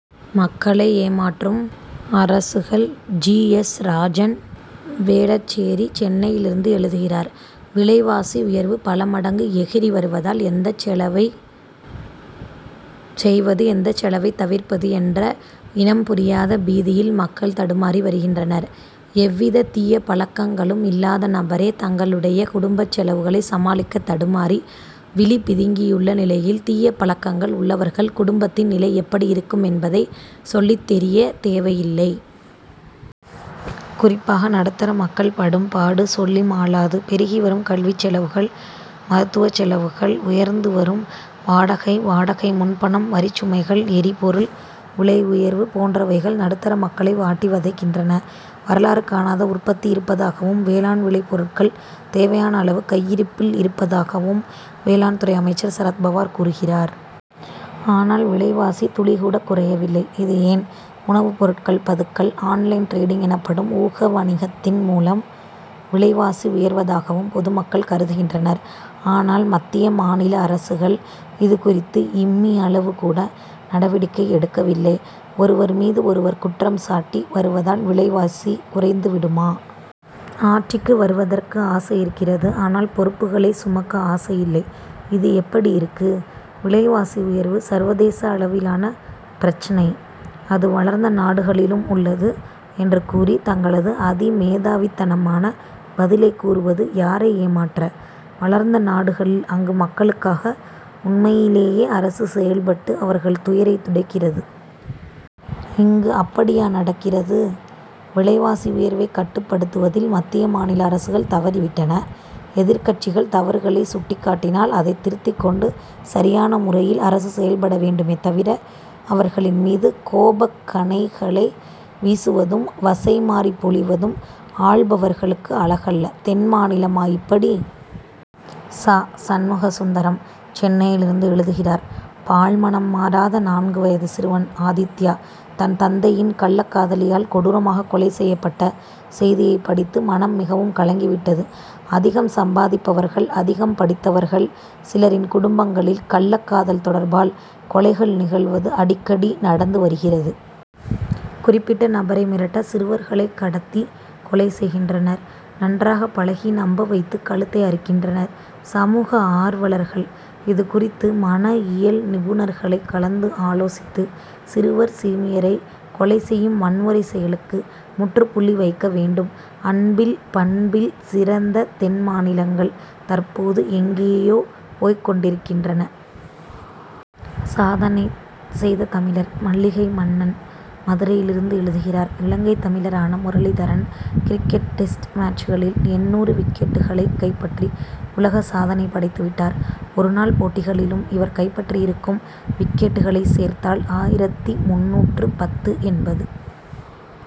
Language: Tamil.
மக்களை ஏமாற்றும் அரசுகள்! ஜி. எஸ். ராஜன், வேளச்சேரி, சென்னையிலிருந்து எழுதுகிறார்: விலைவாசி உயர்வு பல மடங்கு எகிறி வருவதால், எந்தச் செலவை செய்வது, எந்தச் செலவைத் தவிர்ப்பது என்ற இனம் புரியாத பீதியில் மக்கள் தடுமாறி வருகின்றனர். எவ்வித தீய பழக்கங்களும் இல்லாத நபரே, தங்களுடைய குடும்பச் செலவுகளை சமாளிக்க தடுமாறி, விழி பிதுங்கியுள்ள நிலையில், தீயபழக்கங்கள் உள்ளவர்கள் குடும்பத்தின் நிலை எப்படி இருக்குமென்பதை சொல்லித் தெரிய தேவையில்லை. குறிப்பாக, நடுத்தர மக்கள் படும்பாடு சொல்லிமாளாது. பெருகி வரும் கல்விச் செலவுகள், மருத்துவச் செலவுகள், உயர்ந்து வரும் வாடகை, வாடகை முன்பணம், வரிச் சுமைகள், எரிபொருள் விலை உயர்வு போன்றவைகள், நடுத்தர மக்களை வாட்டி வதைக்கின்றன. வரலாறு காணாத உற்பத்தி இருப்பதாகவும், வேளாண் விளை பொருட்கள் தேவையான அளவு கையிருப்பில் இருப்பதாகவும், வேளாண் துறை அமைச்சர் சரத்பவார் கூறுகிறார். ஆனால், விலைவாசி துளிகூட குறையவில்லை. இது ஏன்? உணவுப் பொருட்கள் பதுக்கல், ஆன்-லைன் டிரேடிங் எனப்படும் ஊக வணிகத்தின் மூலம், விலைவாசி உயர்வதாகவும் பொதுமக்கள் கருதுகின்றனர். ஆனால், மத்திய, மாநில அரசுகள், இது குறித்து இம்மியளவு கூட நடவடிக்கை எடுக்கவில்லை. ஒருவர் மீது ஒருவர் குற்றம் சாட்டி வருவதால், விலைவாசி குறைந்து விடுமா? ஆட்சிக்கு வருவதற்கு ஆசை இருக்கிறது; ஆனால், பொறுப்புகளை சுமக்க ஆசை இல்லை. இது எப்படி இருக்கு? "விலைவாசி உயர்வு, சர்வதேச அளவிலான பிரச்னை. அது வளர்ந்த நாடுகளிலும் உள்ளது' என்று கூறி, தங்களது அதிமேதாவித்தனமான பதிலைக் கூறுவது, யாரை ஏமாற்ற? வளர்ந்த நாடுகளில், அங்கு மக்களுக்காக உண்மையிலேயே அரசு செயல்பட்டு, அவர்கள் துயரைத் துடைக்கிறது. இங்கு அப்படியா நடக்கிறது? விலைவாசி உயர்வைக் கட்டுப்படுத்துவதில், மத்திய, மாநில அரசுகள் தவறி விட்டன. எதிர்க்கட்சிகள் தவறுகளைச் சுட்டிக் காட்டினால், அதைத் திருத்திக் கொண்டு சரியான முறையில் அரசு செயல்பட வேண்டுமே தவிர, அவர்களின் மீது கோபக்கணைகளை வீசுவதும், வசைமாரி பொழிவதும், ஆள்பவர்களுக்கு அழகல்ல. தென் மாநிலமா இப்படி! ச. சண்முக சுந்தரம், சென்னையிலிருந்து எழுதுகிறார்: பால் மணம் மாறாத, நான்கு வயது சிறுவன் ஆதித்யா, தன் தந்தையின் கள்ளக் காதலியால் கொடூரமாக கொலை செய்யப்பட்ட செய்தியை படித்து, மனம் மிகவும் கலங்கி விட்டது. அதிகம் சம்பாதிப்பவர்கள், அதிகம் படித்தவர்கள் சிலரின் குடும்பங்களில், கள்ளக்காதல் தொடர்பால், கொலைகள் நிகழ்வது அடிக்கடி நடந்து வருகிறது. குறிப்பிட்ட நபரை மிரட்ட சிறுவர்களை கடத்தி கொலை செய்கின்றனர். நன்றாக பழகி, நம்ப வைத்து கழுத்தை அறுக்கின்றனர். சமூக ஆர்வலர்கள் இது குறித்து, மன இயல் நிபுணர்களை கலந்து ஆலோசித்து, சிறுவர், சிறுமியரை கொலை செய்யும் வன்முறை செயலுக்கு முற்றுப்புள்ளி வைக்க வேண்டும். அன்பில், பண்பில் சிறந்த தென் மாநிலங்கள், தற்போது எங்கேயோ போய்க் கொண்டிருக்கின்றன. சாதனை செய்த தமிழர்! மல்லிகை மன்னன், மதுரையிலிருந்து எழுதுகிறார்: இலங்கைத் தமிழரான முரளிதரன், கிரிக்கெட் டெஸ்ட் மேட்சுகளில் எண்ணூறு விக்கெட்டுகளைக் கைப்பற்றி, உலக சாதனை படைத்து விட்டார். ஒரு நாள் போட்டிகளிலும் இவர் கைப்பற்றியிருக்கும் விக்கெட்டுகளைச் சேர்த்தால், ஆயிரத்து முந்நூற்று பத்து என்பது